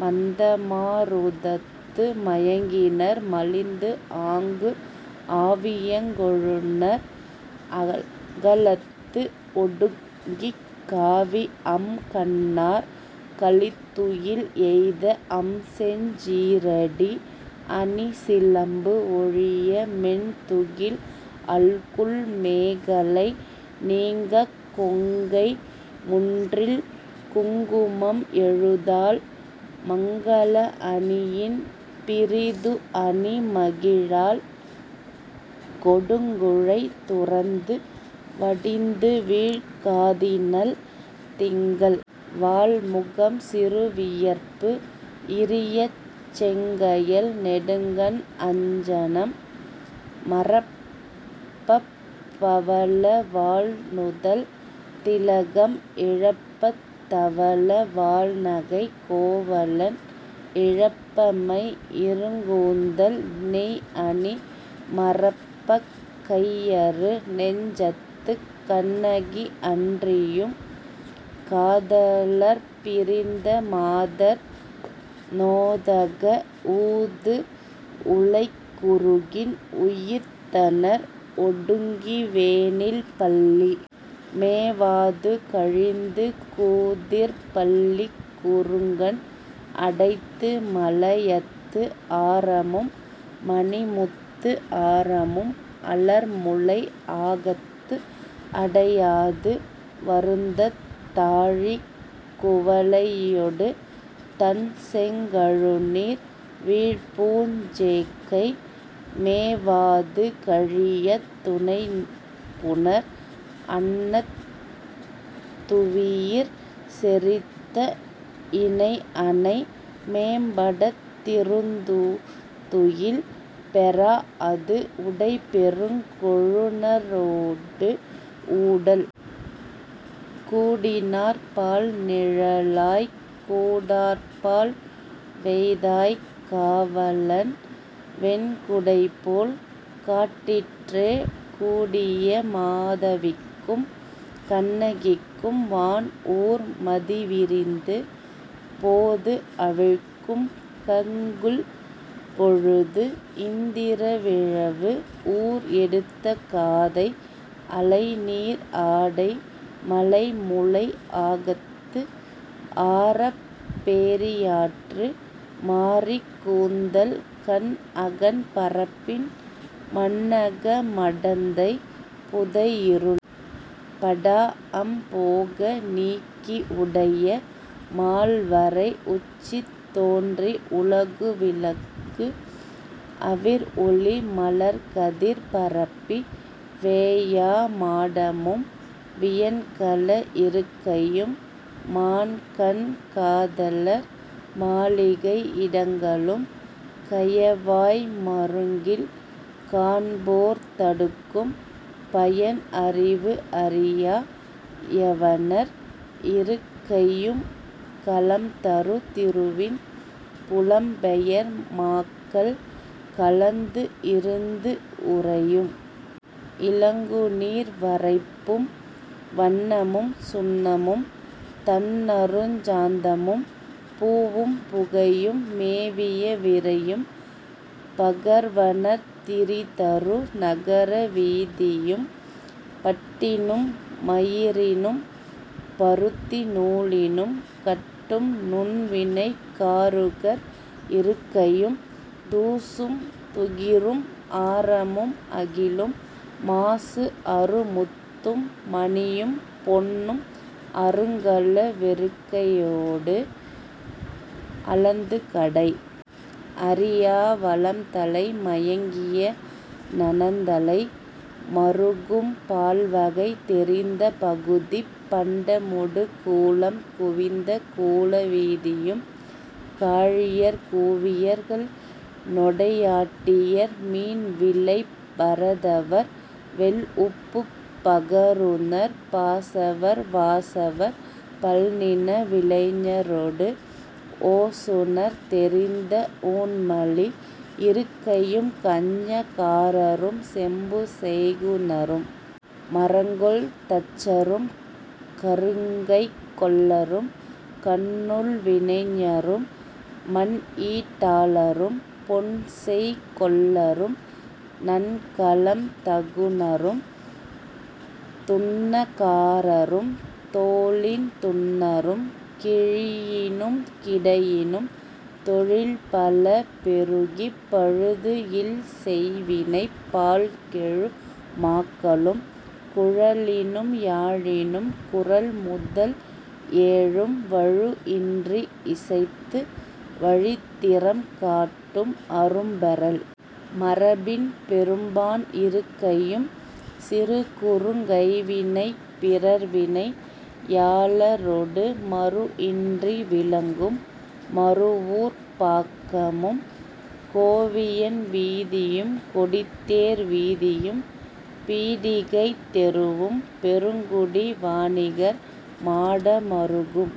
மந்தமா ருதத்து மயங்கினர் மலிந்துஆங்கு ஆவியங் கொழுநர் அகலத்து ஒடுங்கிக் காவிஅம் கண்ணார் களித்துயில் எய்த அம்செஞ் சீறடி அணிசிலம்பு ஒழிய மென்துகில் அல்குல் மேகலை நீங்கக் கொங்கை முன்றில் குங்குமம் எழுதாள் மங்கல அணியின் பிறிதுஅணி மகிழாள் கொடுங்குழை துறந்து வடிந்துவீழ் காதினள் திங்கள் வாள்முகம் சிறுவியர்ப்பு இரியச் செங்கயல் நெடுங்கண் அஞ்சனம் மறப்பப் பவள வாள்நுதல் திலகம் இழப்பத் தவள வாள்நகை கோவலன் இழப்ப மைஇருங் கூந்தல் நெய்அணி மறப்பக் கையறு நெஞ்சத்துக் கண்ணகி அன்றியும், காதலர்ப் பிரிந்த மாதர் நோதக ஊதுஉலைக் குருகின் உயிர்த்தனர் ஒடுங்கி வேனில் பள்ளி மேவாது கழிந்து கூதிர்ப் பள்ளிக் குறுங்கண் அடைத்து மலயத்து ஆரமும் மணிமுத்து ஆரமும் அலர்முலை ஆகத்து அடையாது வருந்தத் தாழிக் குவளையொடு தண்செங் கழுநீர் வீழ்பூஞ் சேக்கை மேவாது கழியத் துணைபுணர் அன்னத் து஡வியிற் செறித்த இணைஅணை மேம்படத் திருந்துதுயில் பெறாஅது உடைப்பெருங் கொழுநரோடு ஊடல் கூடினார் பால்நிழலாய்க் கூடார்ப்பால் வெய்தாய்க் காவலன் வெண்குடைபோல் காட்டிற்றே கூடிய மாதவிக்கும் கண்ணகிக்கும் வான்ஊர் மதிவிரிந்து போதுஅவிழ்க்கும் கங்குல் பொழுது.. இந்திர விழவு ஊர் எடுத்த காதை அலைநீர் ஆடை மலைமுலை ஆகத்து ஆரப் பேரியாற்று மாரிக் கூந்தல் கண்அகன் பரப்பின் மண்ணக மடந்தை புதைஇருள் படாஅம் போக நீக்கி உடைய மால்வரை உச்சித் தோன்றி உலகுவிளங்கு அவிர்ஒளி மலர்கதிர் பரப்பி, வேயா மாடமும், வியன்கல இருக்கையும், மான்கண் காதலர் மாளிகை இடங்களும், கயவாய் மருங்கில் காண்போர்த் தடுக்கும் பயன்அறிவு அறியா யவனர் இருக்கையும், கலம்தரு திருவின் புலம்பெயர் மாக்கள் கலந்துஇருந்து உறையும் இலங்குநீர் வரைப்பும், வண்ணமும் சுண்ணமும் தண்நறுஞ் சாந்தமும் பூவும் புகையும் மேவிய விரையும் பகர்வனர் திரிதரு நகர வீதியும், பட்டினும் மயிரினும் பருத்தி நூலினும் கட்டும் நுண்வினைக் காருகர் இருக்கையும், தூசும் துகிரும் ஆரமும் அகிலும் மாசுஅறு முத்தும் மணியும் பொன்னும் அருங்கல வெறுக்கையோடு அளந்துகடை அறியா வளம்தலை மயங்கிய நனந்தலை மறுகும், பால்வகை தெரிந்த பகுதிப் பண்டமொடு கூலம் குவித்த கூல வீதியும், காழியர் கூவியர் கள்நொடை யாட்டியர் மீன்விலைப் பரதவர் வெள்உப்புப் பகருநர் பாசவர் வாசவர் பல்நிண விலைஞரொடு ஓசுநர் செறிந்த ஊன்மலி இருக்கையும், கஞ்ச காரரும் செம்புசெய் குநரும் மரங்கொல் தச்சரும் கருங்கைக் கொல்லரும் கண்ணுள் வினைஞரும் மண்ஈட் டாளரும் பொன்செய் கொல்லரும் நன்கலம் தகுநரும் துன்ன காரரும் தோலின் துன்னரும் கிழியினும் கிடையினும் தொழில்பல பெருக்கிப் பழுதுஇல் செய்வினைப் பால்கெழு மாக்களும் குழலினும் யாழினும் குரல்முதல் ஏழும் வழுஇன்றி இசைத்து வழித்திறம் காட்டும் அரும்பெறல் மரபின் பெரும்பாண் இருக்கையும், சிறுகுறுங் கைவினைப் பிறர்வினை யாளரொடு மறுஇன்றி விளங்கும் மருவூர்ப் பாக்கமும், கோவியன் வீதியும், கொடித்தேர் வீதியும், பீடிகைத் தெருவும், பெருங்குடி வாணிகர் மாட மறுகும்,